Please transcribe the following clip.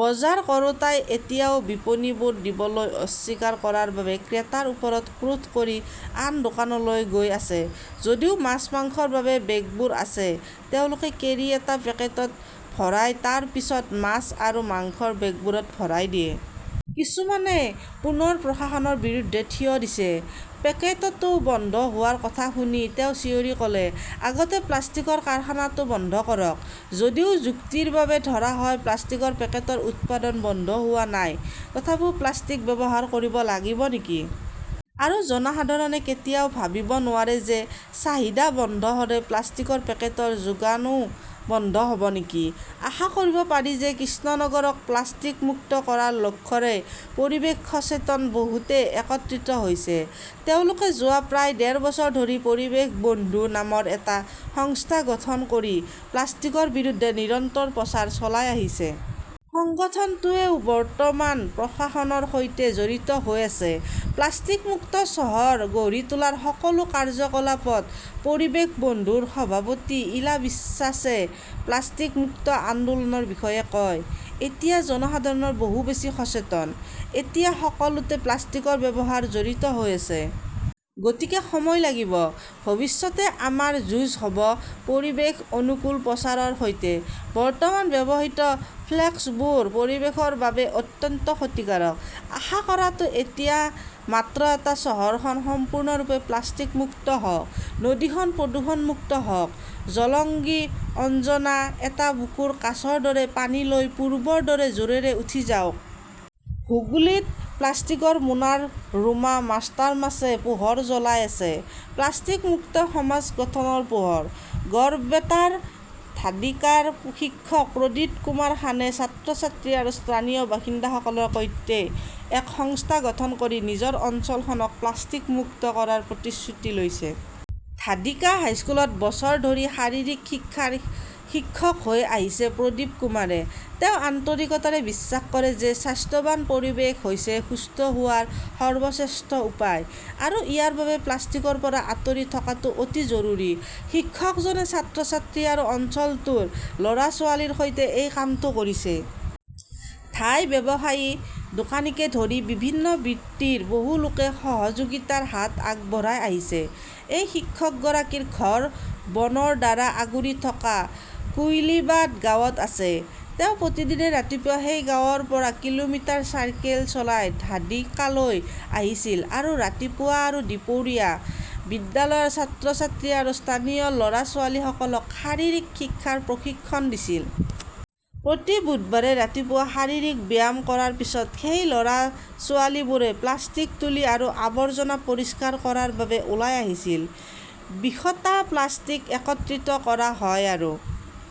বজাৰ কৰোঁতাই এতিয়াও বিপণীবোৰ দিবলৈ অস্বীকাৰ কৰাৰ বাবে ক্ৰেতাৰ ওপৰত ক্ৰোধ কৰি আন দোকানলৈ গৈ আছে। যদিও মাছ আৰু মাংসৰ বাবে বেগবোৰ আছে, তেওঁলোকে কেৰী এটা পেকেটত ভৰাই তাৰ পিছত মাছ আৰু মাংসৰ বেগবোৰত ভৰাই দিয়ে। কিছুমানে পুনৰ প্ৰশাসনৰ বিৰুদ্ধে থিয় দিছে। পেকেটটো বন্ধ হোৱাৰ কথা শুনি তেওঁ চিঞৰি ক "লে", আগতে প্লাষ্টিকৰ কাৰখানাটো বন্ধ কৰক! "যদিও যুক্তিৰ বাবে ধৰা হয়-প্লাষ্টিকৰ পেকেটৰ উৎপাদন বন্ধ হোৱা নাই, তথাপিও প্লাষ্টিক ব্যৱহাৰ কৰিব লাগিব নেকি? আৰু জনসাধাৰণে কেতিয়াও ভাবিব নোৱাৰে যে চাহিদা বন্ধ হ "লে প্লাষ্টিকৰ পেকেটৰ যোগানও বন্ধ হ" ব নেকি? আশা কৰিব পাৰি যে কৃষ্ণনগৰক প্লাষ্টিক মুক্ত কৰাৰ লক্ষ্যৰে পৰিৱেশ সচেতন বহুতে একত্ৰিত হৈছে। তেওঁলোকে যোৱা প্ৰায় ডেৰ বছৰ ধৰি 'পৰিৱেশ বন্ধু "নামৰ এটা সংস্থা গঠন কৰি প্লাষ্টিকৰ বিৰুদ্ধে নিৰন্তৰ প্ৰচাৰ চলাই আহিছে। সংগঠনটোৱেও বৰ্তমান প্ৰশাসনৰ সৈতে জড়িত হৈ আছে, প্লাষ্টিক-মুক্ত চহৰ গঢ়ি তোলাৰ সকলো কাৰ্যকলাপত। 'পৰিৱেশ বন্ধু "ৰ সভাপতি ইলা বিশ্বাসে প্লাষ্টিক মুক্ত আন্দোলনৰ বিষয়ে কয়", এতিয়া জনসাধাৰণ বহু বেছি সচেতন। এতিয়া সকলোতে প্লাষ্টিকৰ ব্যৱহাৰ জড়িত হৈ আছে। গতিকে সময় লাগিব। ভৱিষ্যতে আমাৰ যুঁজ হ "ব পৰিৱেশ-অনুকূল প্ৰচাৰৰ সৈতে। বৰ্তমান ব্যৱহৃত ফ্লেক্সবোৰ পৰিৱেশৰ বাবে অত্যন্ত ক্ষতিকাৰক। "আশা কৰাটো এতিয়া মাত্ৰ এটা-চহৰখন সম্পূৰ্ণৰূপে প্লাষ্টিক মুক্ত হওক। নদীখন প্ৰদূষণমুক্ত হওক। জলংগী, অঞ্জনা, এটা বুকুৰ কাচৰ দৰে পানী লৈ পূৰ্বৰ দৰে জোৰেৰে উঠি যাওক। হুগলীত প্লাষ্টিকৰ মোনাৰ ৰোমা মাষ্টাৰমাছে পোহৰ জ্বলাই আছে। প্লাষ্টিক মুক্ত সমাজ গঠনৰ পোহৰ। গড়বেতাৰ ধাদিকাৰ শিক্ষক প্ৰদীপ কুমাৰ খানে ছাত্ৰ-ছাত্ৰী আৰু স্থানীয় বাসিন্দাসকলৰ সৈতে এক সংস্থা গঠন কৰি নিজৰ অঞ্চলখনক প্লাষ্টিক মুক্ত কৰাৰ প্ৰতিশ্ৰুতি লৈছে। ধাদিকা হাইস্কুলত বছৰ ধৰি শাৰীৰিক শিক্ষাৰ শিক্ষক হৈ আহিছে প্ৰদীপ কুমাৰে। তেওঁ আন্তৰিকতাৰে বিশ্বাস কৰে যে স্বাস্থ্যৱান পৰিৱেশ হৈছে সুস্থ হোৱাৰ সৰ্বশ্ৰেষ্ঠ উপায়। আৰু ইয়াৰ বাবে প্লাষ্টিকৰ পৰা আঁতৰি থকাটো অতি জৰুৰী। শিক্ষকজনে ছাত্ৰ-ছাত্ৰী আৰু অঞ্চলটোৰ ল "ৰা-ছোৱালীৰ সৈতে এই কামটো কৰিছে। ধাই ব্যৱসায়ী, দোকানীকে ধৰি বিভিন্ন বৃত্তিৰ বহু লোকে সহযোগিতাৰ হাত আগবঢ়াই আহিছে। এই শিক্ষকগৰাকীৰ ঘৰ বনৰ দ্বাৰা আগুৰি থকা কুইলিবাদ গাঁৱত আছে। তেওঁ প্ৰতিদিনে ৰাতিপুৱা সেই গাঁৱৰ পৰা কিলোমিটাৰ চাইকেল চলাই ধাদিকালৈ আহিছিল আৰু ৰাতিপুৱা আৰু দুপৰীয়া বিদ্যালয়ৰ ছাত্ৰ-ছাত্ৰী আৰু স্থানীয় ল "ৰা-ছোৱালীসকলক শাৰীৰিক শিক্ষাৰ প্ৰশিক্ষণ দিছিল। প্ৰতি বুধবাৰে ৰাতিপুৱা শাৰীৰিক ব্যায়াম কৰাৰ পিছত, সেই ল "ৰা-ছোৱালীবোৰে প্লাষ্টিক তুলি আৰু আৱৰ্জনা পৰিষ্কাৰ কৰাৰ বাবে ওলাই আহিছিল। বিশটা প্লাষ্টিক একত্ৰিত কৰা হয় আৰু